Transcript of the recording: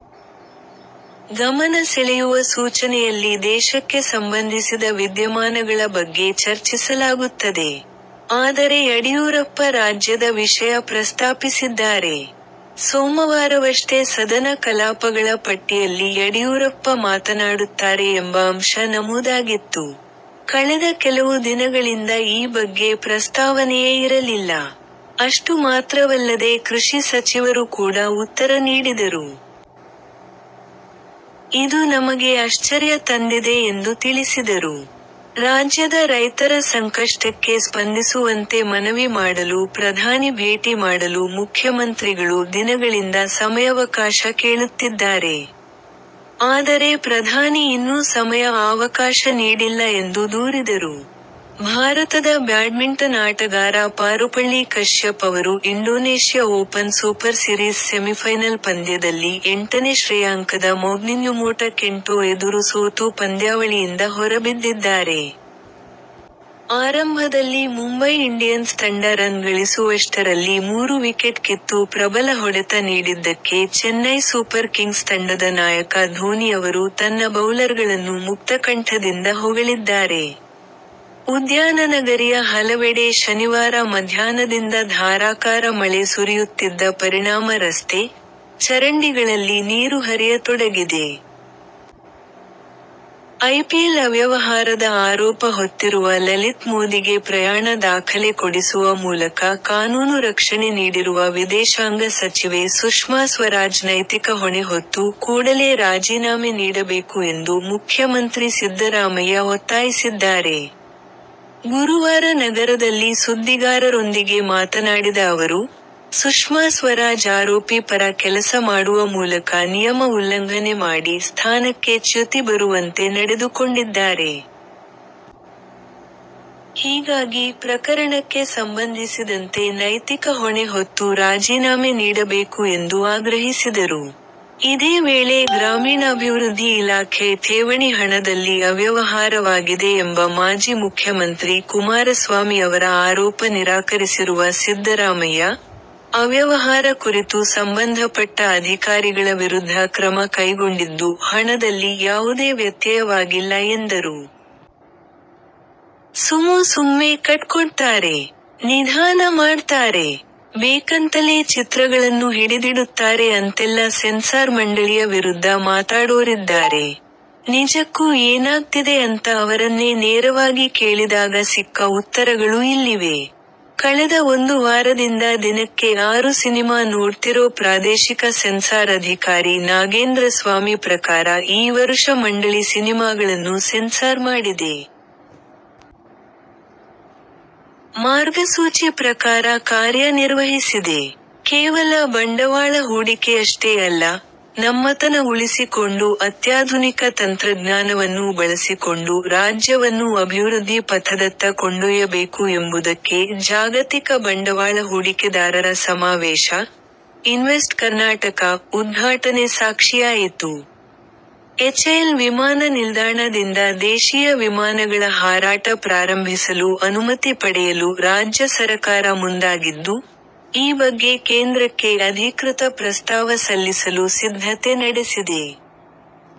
ಗಮನ ಸೆಳೆಯುವ ಸೂಚನೆಯಲ್ಲಿ ದೇಶಕ್ಕೆ ಸಂಬಂಧಿಸಿದ ವಿದ್ಯಮಾನಗಳ ಬಗ್ಗೆ ಚರ್ಚಿಸಲಾಗುತ್ತದೆ. ಆದರೆ ಯಡಿಯೂರಪ್ಪ ರಾಜ್ಯದ ವಿಷಯ ಪ್ರಸ್ತಾಪಿಸಿದ್ದಾರೆ. ಸೋಮವಾರವಷ್ಟೆ ಸದನ ಕಲಾಪಗಳ ಪಟ್ಟಿಯಲ್ಲಿ ಯಡಿಯೂರಪ್ಪ ಮಾತನಾಡುತ್ತಾರೆ ಎಂಬ ಅಂಶ ನಮೂದಾಗಿತ್ತು. ಕಳೆದ ಕೆಲವು ದಿನಗಳಿಂದ ಈ ಬಗ್ಗೆ ಪ್ರಸ್ತಾವನೆಯೇ ಇರಲಿಲ್ಲ. ಅಷ್ಟು ಮಾತ್ರವಲ್ಲದೆ ಕೃಷಿ ಸಚಿವರು ಕೂಡ ಉತ್ತರ ನೀಡಿದರು. ಇದು ನಮಗೆ ಅಶ್ಚರ್ಯ ತಂದಿದೆ ಎಂದು ತಿಳಿಸಿದರು. ರಾಜ್ಯದ ರೈತರ ಸಂಕಷ್ಟಕ್ಕೆ ಸ್ಪಂದಿಸುವಂತೆ ಮನವಿ ಮಾಡಲು ಪ್ರಧಾನಿ ಭೇಟಿ ಮಾಡಲು ಮುಖ್ಯಮಂತ್ರಿಗಳು ದಿನಗಳಿಂದ ಸಮಯವಕಾಶ ಕೇಳುತ್ತಿದ್ದಾರೆ. ಆದರೆ ಪ್ರಧಾನಿ ಇನ್ನೂ ಸಮಯ ಆವಕಾಶ ನೀಡಿಲ್ಲ ಎಂದು ದೂರಿದರು. ಭಾರತದ ಬ್ಯಾಡ್ಮಿಂಟನ್ ಆಟಗಾರ ಪಾರುಪಳ್ಳಿ ಕಶ್ಯಪ್ ಅವರು Indonesia open super series semifinal ಪಂದ್ಯದಲ್ಲಿ ಎಂಟನೆ ಶ್ರೇಯಾಂಕದ ಮೊಗ್ಪಿನ್ಯುಮೋಟ ಕೆಂಟೊ ಎದುರು ಸೋತು ಪಂದ್ಯಾವಳಿಯಿಂದ ಹೊರಬಿದ್ದಿದ್ದಾರೆ. ಆರಂಭದಲ್ಲಿ ಮುಂಬೈ ಇಂಡಿಯನ್ಸ್ ತಂಡ ರನ್ ಗಳಿಸುವಷ್ಟರಲ್ಲಿ ಮೂರು ವಿಕೆಟ್ ಕಿತ್ತು ಪ್ರಬಲ ಹೊಡೆತ ನೀಡಿದ್ದಕ್ಕೆ ಚೆನ್ನೈ ಸೂಪರ್ ಕಿಂಗ್ಸ್ ತಂಡದ ನಾಯಕ ಧೋನಿ ಅವರು ತನ್ನ ಬೌಲರ್ಗಳನ್ನು ಮುಕ್ತಕಂಠದಿಂದ ಹೊಗಳಿದ್ದಾರೆ. ಉದ್ಯಾನನಗರಿಯ ಹಲವೆಡೆ ಶನಿವಾರ ಮಧ್ಯಾಹ್ನದಿಂದ ಧಾರಾಕಾರ ಮಳೆ ಸುರಿಯುತ್ತಿದ್ದ ಪರಿಣಾಮ ರಸ್ತೆ, ಚರಂಡಿಗಳಲ್ಲಿ ನೀರು ಹರಿಯತೊಡಗಿದೆ. ಐಪಿಎಲ್ ಅವ್ಯವಹಾರದ ಆರೋಪ ಹೊತ್ತಿರುವ ಲಲಿತ್ ಮೋದಿಗೆ ಪ್ರಯಾಣ ದಾಖಲೆ ಕೊಡಿಸುವ ಮೂಲಕ ಕಾನೂನು ರಕ್ಷಣೆ ನೀಡಿರುವ ವಿದೇಶಾಂಗ ಸಚಿವೆ ಸುಷ್ಮಾ ಸ್ವರಾಜ್ ನೈತಿಕ ಹೊಣೆ ಹೊತ್ತು ಕೂಡಲೇ ರಾಜೀನಾಮೆ ನೀಡಬೇಕು ಎಂದು ಮುಖ್ಯಮಂತ್ರಿ ಸಿದ್ದರಾಮಯ್ಯ ಒತ್ತಾಯಿಸಿದ್ದಾರೆ. ಗುರುವಾರ ನಗರದಲ್ಲಿ ಸುದ್ದಿಗಾರರೊಂದಿಗೆ ಮಾತನಾಡಿದ ಅವರು, ಸುಷ್ಮಾ ಸ್ವರಾಜ್ ಆರೋಪಿ ಪರ ಕೆಲಸ ಮಾಡುವ ಮೂಲಕ ನಿಯಮ ಉಲ್ಲಂಘನೆ ಮಾಡಿ ಸ್ಥಾನಕ್ಕೆ ಚ್ಯುತಿ ಬರುವಂತೆ ನಡೆದುಕೊಂಡಿದ್ದಾರೆ. ಹೀಗಾಗಿ, ಪ್ರಕರಣಕ್ಕೆ ಸಂಬಂಧಿಸಿದಂತೆ ನೈತಿಕ ಹೊಣೆ ಹೊತ್ತು ರಾಜೀನಾಮೆ ನೀಡಬೇಕು ಎಂದು ಆಗ್ರಹಿಸಿದರು. ಇದೇ ವೇಳೆ ಗ್ರಾಮೀಣಾಭಿವೃದ್ಧಿ ಇಲಾಖೆ ಠೇವಣಿ ಹಣದಲ್ಲಿ ಅವ್ಯವಹಾರವಾಗಿದೆ ಎಂಬ ಮಾಜಿ ಮುಖ್ಯಮಂತ್ರಿ ಕುಮಾರಸ್ವಾಮಿ ಅವರ ಆರೋಪ ನಿರಾಕರಿಸಿರುವ ಸಿದ್ದರಾಮಯ್ಯ, ಅವ್ಯವಹಾರ ಕುರಿತು ಸಂಬಂಧಪಟ್ಟ ಅಧಿಕಾರಿಗಳ ವಿರುದ್ಧ ಕ್ರಮ ಕೈಗೊಂಡಿದ್ದು ಹಣದಲ್ಲಿ ಯಾವುದೇ ವ್ಯತ್ಯಯವಾಗಿಲ್ಲ ಎಂದರು. ಸುಮು ಸುಮ್ನೆ ಕಟ್ ಕೊಡ್ತಾರೆ. ನಿಧಾನ ಮಾಡ್ತಾರೆ. ಬೇಕಂತಲೇ ಚಿತ್ರಗಳನ್ನು ಹಿಡಿದಿಡುತ್ತಾರೆ ಅಂತೆಲ್ಲ ಸೆನ್ಸಾರ್ ಮಂಡಳಿಯ ವಿರುದ್ದ ಮಾತಾಡೋರಿದ್ದಾರೆ. ನಿಜಕ್ಕೂ ಏನಾಗ್ತಿದೆ ಅಂತ ಅವರನ್ನೇ ನೇರವಾಗಿ ಕೇಳಿದಾಗ ಸಿಕ್ಕ ಉತ್ತರಗಳು ಇಲ್ಲಿವೆ. ಕಳೆದ ಒಂದು ವಾರದಿಂದ ದಿನಕ್ಕೆ ಆರು ಸಿನಿಮಾ ನೋಡ್ತಿರೋ ಪ್ರಾದೇಶಿಕ ಸೆನ್ಸಾರ್ ಅಧಿಕಾರಿ ನಾಗೇಂದ್ರಸ್ವಾಮಿ ಪ್ರಕಾರ ಈ ವರುಷ ಮಂಡಳಿ ಸಿನಿಮಾಗಳನ್ನು ಸೆನ್ಸಾರ್ ಮಾಡಿದೆ. ಮಾರ್ಗಸೂಚಿ ಪ್ರಕಾರ ಕಾರ್ಯ ನಿರ್ವಹಿಸಿದೆ. ಕೇವಲ ಬಂಡವಾಳ ಹೂಡಿಕೆಯಷ್ಟೇ ಅಲ್ಲ, ನಮ್ಮತನ ಉಳಿಸಿಕೊಂಡು ಅತ್ಯಾಧುನಿಕ ತಂತ್ರಜ್ಞಾನವನ್ನೂ ಬಳಸಿಕೊಂಡು ರಾಜ್ಯವನ್ನು ಅಭಿವೃದ್ಧಿ ಪಥದತ್ತ ಕೊಂಡೊಯ್ಯಬೇಕು ಎಂಬುದಕ್ಕೆ ಜಾಗತಿಕ ಬಂಡವಾಳ ಹೂಡಿಕೆದಾರರ ಸಮಾವೇಶ "ಇನ್ವೆಸ್ಟ್ ಕರ್ನಾಟಕ- ' ಉದ್ಘಾಟನೆ ಸಾಕ್ಷಿಯಾಯಿತು. ಎಚ್ಎಎಲ್ ವಿಮಾನ ನಿಲ್ದಾಣ ದಿಂದ ದೇಶೀಯ ವಿಮಾನಗಳ ಹಾರಾಟ ಪ್ರಾರಂಭಿಸಲು ಅನುಮತಿ ಪಡೆಯಲು ರಾಜ್ಯ ಸರಕಾರ ಮುಂದಾಗಿದ್ದು, ಈ ಬಗ್ಗೆ ಕೇಂದ್ರಕ್ಕೆ ಅಧಿಕೃತ ಪ್ರಸ್ತಾವ ಸಲ್ಲಿಸಲು ಸಿದ್ಧತೆ ನಡೆಸಿದೆ.